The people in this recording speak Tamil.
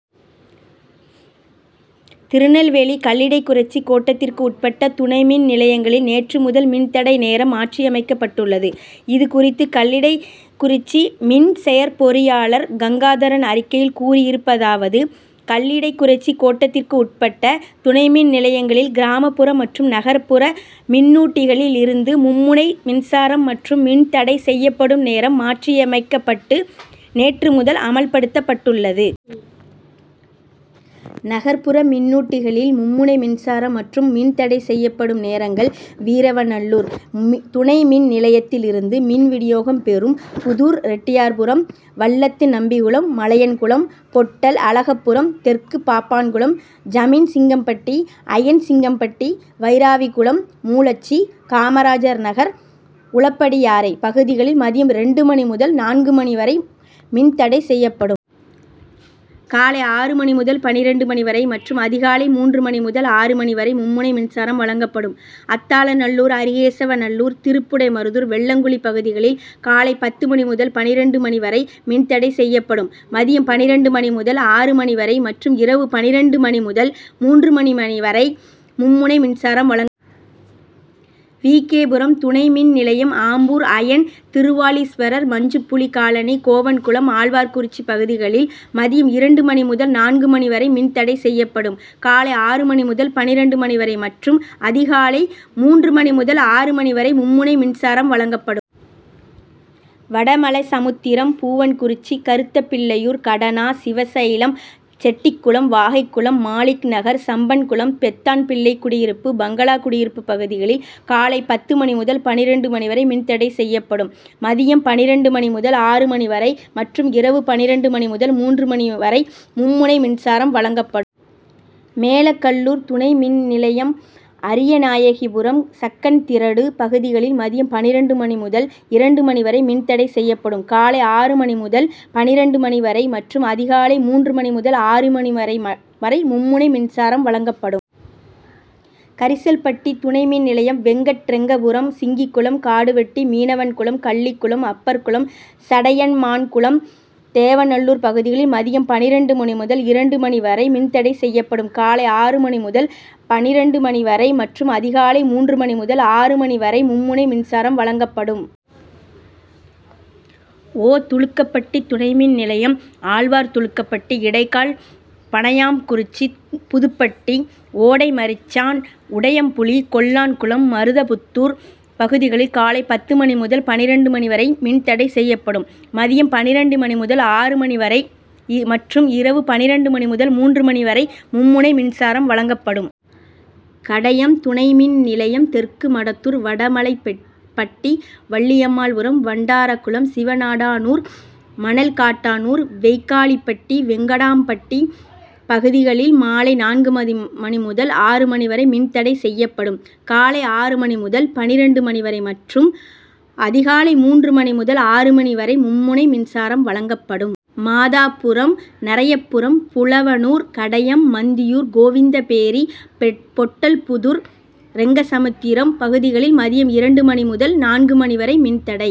திருநெல்வேலி கல்லிடைக்குறிச்சி கோட்டத்திற்கு உட்பட்ட துணைமின் நிலையங்களில் நேற்று முதல் மின்தடை நேரம் மாற்றியமைக்கப்பட்டுள்ளது. இதுகுறித்து கல்லிடைக்குறிச்சி மின்செயற் பொறியாளர் கங்காதரன் அறிக்கையில் கூறியிருப்பதாவது கல்லிடைக்குறிச்சி கோட்டத்திற்கு உட்பட்ட துணைமின் நிலையங்களில் கிராமபுற மற்றும் நகர்புற மின்னூட்டிகளில் இருந்து மும்முனை மின்சாரம் மற்றும் மின்தடை செய்யப்படும் நேரம் மாற்றியமைக்கப்பட்டு நேற்று முதல் அமல்படுத்தப்பட்டுள்ளது. நகர்புற மின்னூட்டிகளில் மும்முனை மின்சாரம் மற்றும் மின்தடை செய்யப்படும் நேரங்கள் வீரவநல்லூர் துணைமின் நிலையத்தில் இருந்து மின்வினியோகம் பெறும் புதூர், ரெட்டியார்புரம், வல்லத்துநம்பிகுளம், மலையன்குளம், பொட்டல், அழகப்பபுரம், தெற்கு பாப்பான்குளம், ஜமீன்சிங்கம்பட்டி, அயன்சிங்கம்பட்டி, வைராவிகுளம், மூலச்சி, காமராஜர் நகர், உலுப்படியாறை பகுதிகளில் மதியம் இரண்டு மணி முதல் நான்கு மணி வரை மின்தடை செய்யப்படும். காலை ஆறு மணி முதல் பன்னிரண்டு மணி வரை மற்றும் அதிகாலை மூன்று மணி முதல் ஆறு மணி வரை மும்முனை மின்சாரம் வழங்கப்படும். அத்தாளநல்லூர், அரிகேசவநல்லூர், திருப்புடைமருதூர், வெள்ளங்குளி பகுதிகளில் காலை பத்து மணி முதல் பன்னிரண்டு மணி வரை மின்தடை செய்யப்படும். மதியம் பன்னிரண்டு மணி முதல் ஆறு மணி வரை மற்றும் இரவு பன்னிரண்டு மணி முதல் மூன்று மணி வரை மும்முனை மின்சாரம் வழங்கப்படும். வி. கே. புரம் துணை மின் நிலையம் ஆம்பூர், அயன் திருவாலீஸ்வரர், மஞ்சுப்புலி காலனி, கோவன்குளம், ஆழ்வார்குறிச்சி பகுதிகளில் மதியம் இரண்டு மணி முதல் நான்கு மணி வரை மின்தடை செய்யப்படும். காலை ஆறு மணி முதல் பன்னிரண்டு மணி வரை மற்றும் அதிகாலை மூன்று மணி முதல் ஆறு மணி வரை மும்முனை மின்சாரம் வழங்கப்படும். வடமலைசமுத்திரம், பூவன்குறிச்சி, கருத்தப்பிள்ளையூர், கடனா, சிவசைலம், செட்டிகுளம், வாகைகுளம், மாலிக்நகர், சம்பன்குளம், பெத்தான்பிள்ளைகுடியிருப்பு, பங்களா குடியிருப்பு பகுதிகளில் காலை பத்து மணி முதல் பன்னிரண்டு மணி வரை மின்தடை செய்யப்படும். மதியம் பன்னிரண்டு மணி முதல் ஆறு மணி வரை மற்றும் இரவு பன்னிரண்டு மணி முதல் மூன்று மணி வரை மும்முனை மின்சாரம் வழங்கப்படு. மேலக்கல்லூர் துணை மின் நிலையம் அரியநாயகிபுரம், சங்கரன்திரடு பகுதிகளில் மதியம் பன்னிரண்டு மணி முதல் இரண்டு மணி வரை மின்தடை செய்யப்படும். காலை ஆறு மணி முதல் பன்னிரண்டு மணி வரை மற்றும் அதிகாலை மூன்று மணி முதல் ஆறு மணி வரை மும்முனை மின்சாரம் வழங்கப்படும். கரிசல்பட்டி துணைமின் நிலையம் வெங்கட்ரெங்கபுரம், சிங்கிகுளம், காடுவெட்டி, மீனவன்குளம், கள்ளிகுளம், அப்பர்குளம், சடையமான்குளம், தேவநல்லூர் பகுதிகளில் மதியம் பன்னிரண்டு மணி முதல் இரண்டு மணி வரை மின்தடை செய்யப்படும். காலை ஆறு மணி முதல் பன்னிரண்டு மணி வரை மற்றும் அதிகாலை மூன்று மணி முதல் ஆறு மணி வரை மும்முனை மின்சாரம் வழங்கப்படும். ஓ. துலுக்கப்பட்டி துணைமின் நிலையம் ஆழ்வார்துலுக்கப்பட்டி, இடைகால், பணையாம்குறிச்சி, புதுப்பட்டி, ஓடைமரிச்சான், உடையம்புளி, கொல்லான்குளம், மருதப்புத்தூர் பகுதிகளில் காலை பத்து மணி முதல் பன்னிரண்டு மணி வரை மின்தடை செய்யப்படும். மதியம் பன்னிரண்டு மணி முதல் ஆறு மணி வரை மற்றும் இரவு பன்னிரண்டு மணி முதல் மூன்று மணி வரை மும்முனை மின்சாரம் வழங்கப்படும். கடையம் துணைமின் நிலையம் தெற்கு மடத்தூர், வடமலைபட்டி, வள்ளியம்மாள்புரம், வண்டாரகுளம், சிவநாடானூர், மணல்காட்டானூர், வெய்க்காலிபட்டி, வெங்கடாம்பட்டி பகுதிகளில் மாலை நான்கு மணி முதல் ஆறு மணி வரை மின்தடை செய்யப்படும். காலை ஆறு மணி முதல் பன்னிரண்டு மணி வரை மற்றும் அதிகாலை மூன்று மணி முதல் ஆறு மணி வரை மும்முனை மின்சாரம் வழங்கப்படும். மாதாபுரம், நரையப்புரம், புலவனூர், கடையம், மந்தியூர், கோவிந்தபேரி, பொட்டல்புதூர், ரெங்கசமுத்திரம் பகுதிகளில் மதியம் இரண்டு மணி முதல் நான்கு மணி வரை மின்தடை